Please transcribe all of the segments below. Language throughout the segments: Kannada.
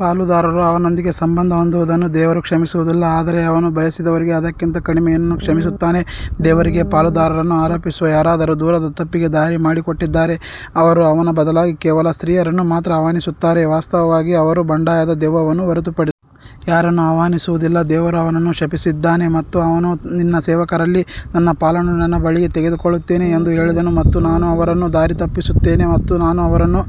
ಪಾಲುದಾರರು ಅವನೊಂದಿಗೆ ಸಂಬಂಧ ಹೊಂದುವುದನ್ನು ದೇವರು ಕ್ಷಮಿಸುವುದಿಲ್ಲ ಆದರೆ ಅವನು ಬಯಸಿದವರಿಗೆ ಅದಕ್ಕಿಂತ ಕಡಿಮೆ ಏನನ್ನೂ ಕ್ಷಮಿಸುತ್ತಾನೆ, ದೇವರಿಗೆ ಪಾಲುದಾರರನ್ನು ಆರೋಪಿಸುವ ಯಾರಾದರೂ ದೂರದ ತಪ್ಪಿಗೆ ದಾರಿ ಮಾಡಿಕೊಟ್ಟಿದ್ದಾರೆ. ಅವರು ಅವನ ಬದಲಾಗಿ ಕೇವಲ ಸ್ತ್ರೀಯರನ್ನು ಮಾತ್ರ ಆಹ್ವಾನಿಸುತ್ತಾರೆ ವಾಸ್ತವವಾಗಿ ಅವರು ಬಂಡಾಯದ ದೆವ್ವವನ್ನು ಹೊರತುಪಡಿಸಿ ಯಾರನ್ನೂ ಆಹ್ವಾನಿಸುವುದಿಲ್ಲ ದೇವರು ಅವನನ್ನು ಶಪಿಸಿದ್ದಾನೆ ಮತ್ತು ಅವನು ನಿನ್ನ ಸೇವಕರಲ್ಲಿ ನನ್ನ ಪಾಲನ್ನು ನನ್ನ ಬಳಿಗೆ ತೆಗೆದುಕೊಳ್ಳುತ್ತೇನೆ ಎಂದು ಹೇಳಿದನು ಮತ್ತು ನಾನು ಅವರನ್ನು ದಾರಿತಪ್ಪಿಸುತ್ತೇನೆ ಮತ್ತು ನಾನು ಅವರನ್ನು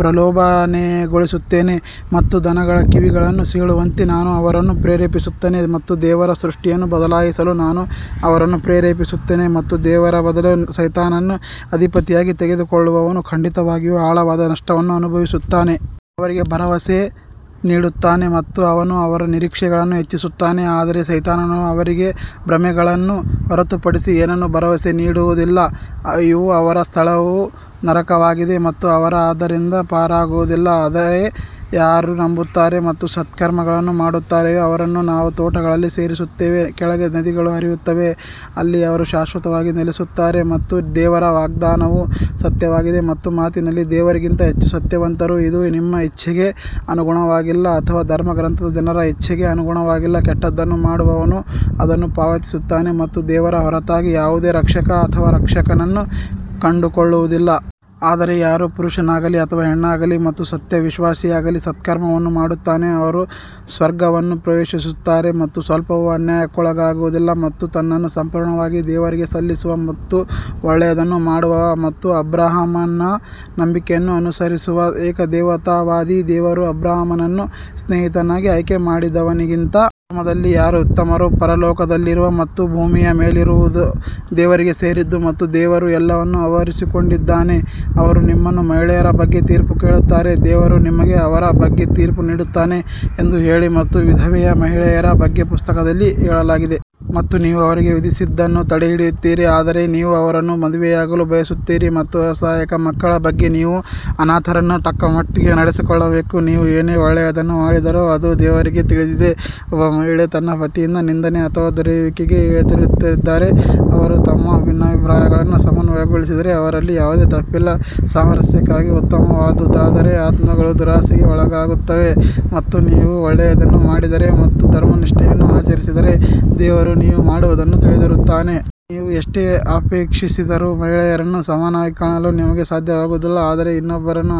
ಪ್ರಲೋಭನೆಗೊಳಿಸುತ್ತೇನೆ ಮತ್ತು ದನಗಳ ಕಿವಿಗಳನ್ನು ಸೀಳುವಂತೆ ನಾನು ಅವರನ್ನು ಪ್ರೇರೇಪಿಸುತ್ತೇನೆ ಮತ್ತು ದೇವರ ಸೃಷ್ಟಿಯನ್ನು ಬದಲಾಯಿಸಲು ನಾನು ಅವರನ್ನು ಪ್ರೇರೇಪಿಸುತ್ತೇನೆ ಮತ್ತು ದೇವರ ಬದಲು ಸೈತಾನನನ್ನು ಅಧಿಪತಿಯಾಗಿ ತೆಗೆದುಕೊಳ್ಳುವವನು ಖಂಡಿತವಾಗಿಯೂ ಆಳವಾದ ನಷ್ಟವನ್ನು ಅನುಭವಿಸುತ್ತಾನೆ. ಅವನು ಅವರಿಗೆ ಭರವಸೆ ನೀಡುತ್ತಾನೆ ಮತ್ತು ಅವನು ಅವರ ನಿರೀಕ್ಷೆಗಳನ್ನು ಹೆಚ್ಚಿಸುತ್ತಾನೆ ಆದರೆ ಸೈತಾನನು ಅವರಿಗೆ ಭ್ರಮೆಗಳನ್ನು ಹೊರತುಪಡಿಸಿ ಏನನ್ನೂ ಭರವಸೆ ನೀಡುವುದಿಲ್ಲ ಇವು ಅವರ ಸ್ಥಳವು ನರಕವಾಗಿದೆ ಮತ್ತು ಅವರು ಅದರಿಂದ ಪಾರಾಗುವುದಿಲ್ಲ ಆದರೆ ಯಾರು ನಂಬುತ್ತಾರೆ ಮತ್ತು ಸತ್ಕರ್ಮಗಳನ್ನು ಮಾಡುತ್ತಾರೆಯೋ ಅವರನ್ನು ನಾವು ತೋಟಗಳಲ್ಲಿ ಸೇರಿಸುತ್ತೇವೆ, ಕೆಳಗೆ ನದಿಗಳು ಹರಿಯುತ್ತವೆ, ಅಲ್ಲಿ ಅವರು ಶಾಶ್ವತವಾಗಿ ನೆಲೆಸುತ್ತಾರೆ ಮತ್ತು ದೇವರ ವಾಗ್ದಾನವು ಸತ್ಯವಾಗಿದೆ ಮತ್ತು ಮಾತಿನಲ್ಲಿ ದೇವರಿಗಿಂತ ಹೆಚ್ಚು ಸತ್ಯವಂತರು ಇದು ನಿಮ್ಮ ಇಚ್ಛೆಗೆ ಅನುಗುಣವಾಗಿಲ್ಲ ಅಥವಾ ಧರ್ಮಗ್ರಂಥದ ಜನರ ಇಚ್ಛೆಗೆ ಅನುಗುಣವಾಗಿಲ್ಲ, ಕೆಟ್ಟದ್ದನ್ನು ಮಾಡುವವನು ಅದನ್ನು ಪಾವತಿಸುತ್ತಾನೆ ಮತ್ತು ದೇವರ ಹೊರತಾಗಿ ಯಾವುದೇ ರಕ್ಷಕ ಅಥವಾ ರಕ್ಷಕನನ್ನು ಕಂಡುಕೊಳ್ಳುವುದಿಲ್ಲ. ಆದರೆ ಯಾರು ಪುರುಷನಾಗಲಿ ಅಥವಾ ಹೆಣ್ಣಾಗಲಿ ಮತ್ತು ಸತ್ಯವಿಶ್ವಾಸಿಯಾಗಲಿ ಸತ್ಕರ್ಮವನ್ನು ಮಾಡುತ್ತಾನೋ ಅವರು ಸ್ವರ್ಗವನ್ನು ಪ್ರವೇಶಿಸುತ್ತಾರೆ ಮತ್ತು ಸ್ವಲ್ಪವೂ ಅನ್ಯಾಯಕ್ಕೊಳಗಾಗುವುದಿಲ್ಲ. ಮತ್ತು ತನ್ನನ್ನು ಸಂಪೂರ್ಣವಾಗಿ ದೇವರಿಗೆ ಸಲ್ಲಿಸುವ ಮತ್ತು ಒಳ್ಳೆಯದನ್ನು ಮಾಡುವವ ಮತ್ತು ಅಬ್ರಹಾಮನ ನಂಬಿಕೆಯನ್ನು ಅನುಸರಿಸುವ ಏಕದೇವತಾವಾದಿ ದೇವರು ಅಬ್ರಹಾಮನನ್ನು ಸ್ನೇಹಿತನಾಗಿ ಆಯ್ಕೆ ಮಾಡಿದವನಿಗಿಂತ ಧರ್ಮದಲ್ಲಿ ಯಾರು ಉತ್ತಮರು ಪರಲೋಕದಲ್ಲಿರುವ ಮತ್ತು ಭೂಮಿಯ ಮೇಲಿರುವುದು ದೇವರಿಗೆ ಸೇರಿದ್ದು ಮತ್ತು ದೇವರು ಎಲ್ಲವನ್ನೂ ಆವರಿಸಿಕೊಂಡಿದ್ದಾನೆ ಅವರು ನಿಮ್ಮನ್ನು ಮಹಿಳೆಯರ ಬಗ್ಗೆ ತೀರ್ಪು ಕೇಳುತ್ತಾರೆ, ದೇವರು ನಿಮಗೆ ಅವರ ಬಗ್ಗೆ ತೀರ್ಪು ನೀಡುತ್ತಾನೆ ಎಂದು ಹೇಳಿ ಮತ್ತು ವಿಧವೆಯ ಮಹಿಳೆಯರ ಬಗ್ಗೆ ಪುಸ್ತಕದಲ್ಲಿ ಹೇಳಲಾಗಿದೆ ಮತ್ತು ನೀವು ಅವರಿಗೆ ವಿಧಿಸಿದ್ದನ್ನು ತಡೆಹಿಡಿಯುತ್ತೀರಿ ಆದರೆ ನೀವು ಅವರನ್ನು ಮದುವೆಯಾಗಲು ಬಯಸುತ್ತೀರಿ ಮತ್ತು ಅಸಹಾಯಕ ಮಕ್ಕಳ ಬಗ್ಗೆ ನೀವು ಅನಾಥರನ್ನು ತಕ್ಕಮಟ್ಟಿಗೆ ನಡೆಸಿಕೊಳ್ಳಬೇಕು, ನೀವು ಏನೇ ಒಳ್ಳೆಯದನ್ನು ಮಾಡಿದರೂ ಅದು ದೇವರಿಗೆ ತಿಳಿದಿದೆ ಒಬ್ಬ ಮಹಿಳೆ ತನ್ನ ಪತಿಯಿಂದ ನಿಂದನೆ ಅಥವಾ ತೊರೆಯುವಿಕೆಗೆ ಹೆದರುತ್ತಿದ್ದರೆ ಅವರು ತಮ್ಮ ಭಿನ್ನಾಭಿಪ್ರಾಯಗಳನ್ನು ಸಮನ್ವಯಗೊಳಿಸಿದರೆ ಅವರಲ್ಲಿ ಯಾವುದೇ ತಪ್ಪಿಲ್ಲ, ಸಾಮರಸ್ಯಕ್ಕಾಗಿ ಉತ್ತಮವಾದುದಾದರೆ ಆತ್ಮಗಳು ದುರಾಸೆಗೆ ಒಳಗಾಗುತ್ತವೆ ಮತ್ತು ನೀವು ಒಳ್ಳೆಯದನ್ನು ಮಾಡಿದರೆ ಮತ್ತು ಧರ್ಮನಿಷ್ಠೆಯನ್ನು ಆಚರಿಸಿದರೆ ದೇವರು ನೀವು ಮಾಡುವದನ್ನು ತಿಳಿದಿರುತ್ತಾನೆ. ನೀವು ಎಷ್ಟೇ ಅಪೇಕ್ಷಿಸಿದರೂ ಮಹಿಳೆಯರನ್ನು ಸಮಾನವಾಗಿ ಕಾಣಲು ನಿಮಗೆ ಸಾಧ್ಯವಾಗುವುದಿಲ್ಲ ಆದರೆ ಇನ್ನೊಬ್ಬರನ್ನು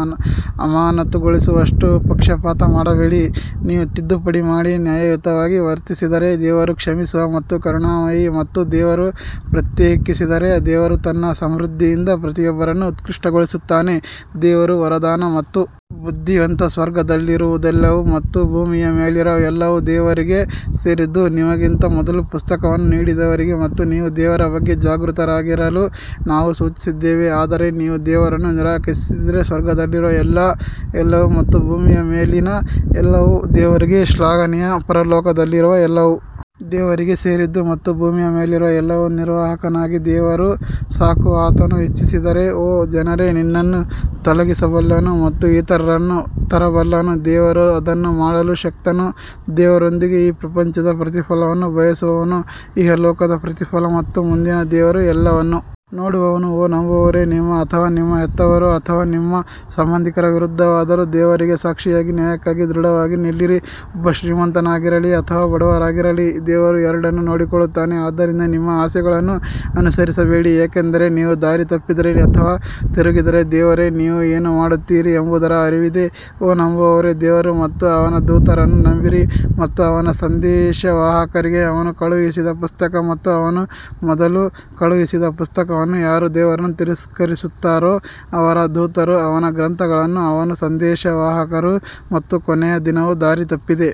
ಅಮಾನತುಗೊಳಿಸುವಷ್ಟು ಪಕ್ಷಪಾತ ಮಾಡಬೇಡಿ ನೀವು ತಿದ್ದುಪಡಿ ಮಾಡಿ ನ್ಯಾಯಯುತವಾಗಿ ವರ್ತಿಸಿದರೆ ದೇವರು ಕ್ಷಮಿಸುವ ಮತ್ತು ಕರುಣಾಮಯಿ ಮತ್ತು ಅವರು ಪ್ರತ್ಯೇಕಿಸಿದರೆ ದೇವರು ತನ್ನ ಸಮೃದ್ಧಿಯಿಂದ ಪ್ರತಿಯೊಬ್ಬರನ್ನು ಉತ್ಕೃಷ್ಟಗೊಳಿಸುತ್ತಾನೆ ದೇವರು ವರದಾನ ಮತ್ತು ಬುದ್ಧಿವಂತ ಸ್ವರ್ಗದಲ್ಲಿರುವುದೆಲ್ಲವೂ ಮತ್ತು ಭೂಮಿಯ ಮೇಲಿರುವ ಎಲ್ಲವೂ ದೇವರಿಗೆ ಸೇರಿದ್ದು, ನಿಮಗಿಂತ ಮೊದಲು ಪುಸ್ತಕವನ್ನು ನೀಡಿದವರಿಗೆ ಮತ್ತು ನೀವು ದೇವರ ಬಗ್ಗೆ ಜಾಗೃತರಾಗಿರಲು ನಾವು ಸೂಚಿಸಿದ್ದೇವೆ ಆದರೆ ನೀವು ದೇವರನ್ನು ನಿರಾಕರಿಸಿದರೆ ಸ್ವರ್ಗದಲ್ಲಿರುವ ಎಲ್ಲವೂ ಮತ್ತು ಭೂಮಿಯ ಮೇಲಿನ ಎಲ್ಲವೂ ದೇವರಿಗೆ ಶ್ಲಾಘನೀಯ ಪರಲೋಕದಲ್ಲಿರುವ ಎಲ್ಲವೂ ದೇವರಿಗೆ ಸೇರಿದ್ದು ಮತ್ತು ಭೂಮಿಯ ಮೇಲಿರುವ ಎಲ್ಲವೂ ನಿರ್ವಾಹಕನಾಗಿ ದೇವರು ಸಾಕು ಆತನು ಇಚ್ಛಿಸಿದರೆ ಓ ಜನರೇ ನಿನ್ನನ್ನು ತೊಲಗಿಸಬಲ್ಲನು ಮತ್ತು ಇತರರನ್ನು ತರಬಲ್ಲನು ದೇವರು ಅದನ್ನು ಮಾಡಲು ಶಕ್ತನು ದೇವರೊಂದಿಗೆ ಈ ಪ್ರಪಂಚದ ಪ್ರತಿಫಲವನ್ನು ಬಯಸುವವನು ಇಹಲೋಕದ ಪ್ರತಿಫಲ ಮತ್ತು ಮುಂದಿನ ದೇವರು ಎಲ್ಲವನ್ನೂ ನೋಡುವವನು ಓ ನಂಬುವವರೇ, ನಿಮ್ಮ ಅಥವಾ ನಿಮ್ಮ ಹೆತ್ತವರು ಅಥವಾ ನಿಮ್ಮ ಸಂಬಂಧಿಕರ ವಿರುದ್ಧವಾದರೂ ದೇವರಿಗೆ ಸಾಕ್ಷಿಯಾಗಿ ನ್ಯಾಯಕ್ಕಾಗಿ ದೃಢವಾಗಿ ನಿಲ್ಲಿರಿ, ಒಬ್ಬ ಶ್ರೀಮಂತನಾಗಿರಲಿ ಅಥವಾ ಬಡವರಾಗಿರಲಿ ದೇವರು ಎರಡನ್ನೂ ನೋಡಿಕೊಳ್ಳುತ್ತಾನೆ ಆದ್ದರಿಂದ ನಿಮ್ಮ ಆಸೆಗಳನ್ನು ಅನುಸರಿಸಬೇಡಿ ಏಕೆಂದರೆ ನೀವು ದಾರಿ ತಪ್ಪಿದರೆ ಅಥವಾ ತಿರುಗಿದರೆ ದೇವರೇ ನೀವು ಏನು ಮಾಡುತ್ತೀರಿ ಎಂಬುದರ ಅರಿವಿದೆ ಓ ನಂಬುವವರೇ, ದೇವರು ಮತ್ತು ಅವನ ದೂತರನ್ನು ನಂಬಿರಿ ಮತ್ತು ಅವನ ಸಂದೇಶವಾಹಕರಿಗೆ ಅವನು ಕಳುಹಿಸಿದ ಪುಸ್ತಕ ಮತ್ತು ಅವನು ಮೊದಲು ಕಳುಹಿಸಿದ ಪುಸ್ತಕವನ್ನು ಯಾರು ದೇವರನ್ನು ತಿರಸ್ಕರಿಸುತ್ತಾರೋ ಅವರ ದೂತರು ಅವನ ಗ್ರಂಥಗಳನ್ನು ಅವನ ಸಂದೇಶವಾಹಕರು ಮತ್ತು ಕೊನೆಯ ದಿನವು ದಾರಿ ತಪ್ಪಿದೆ.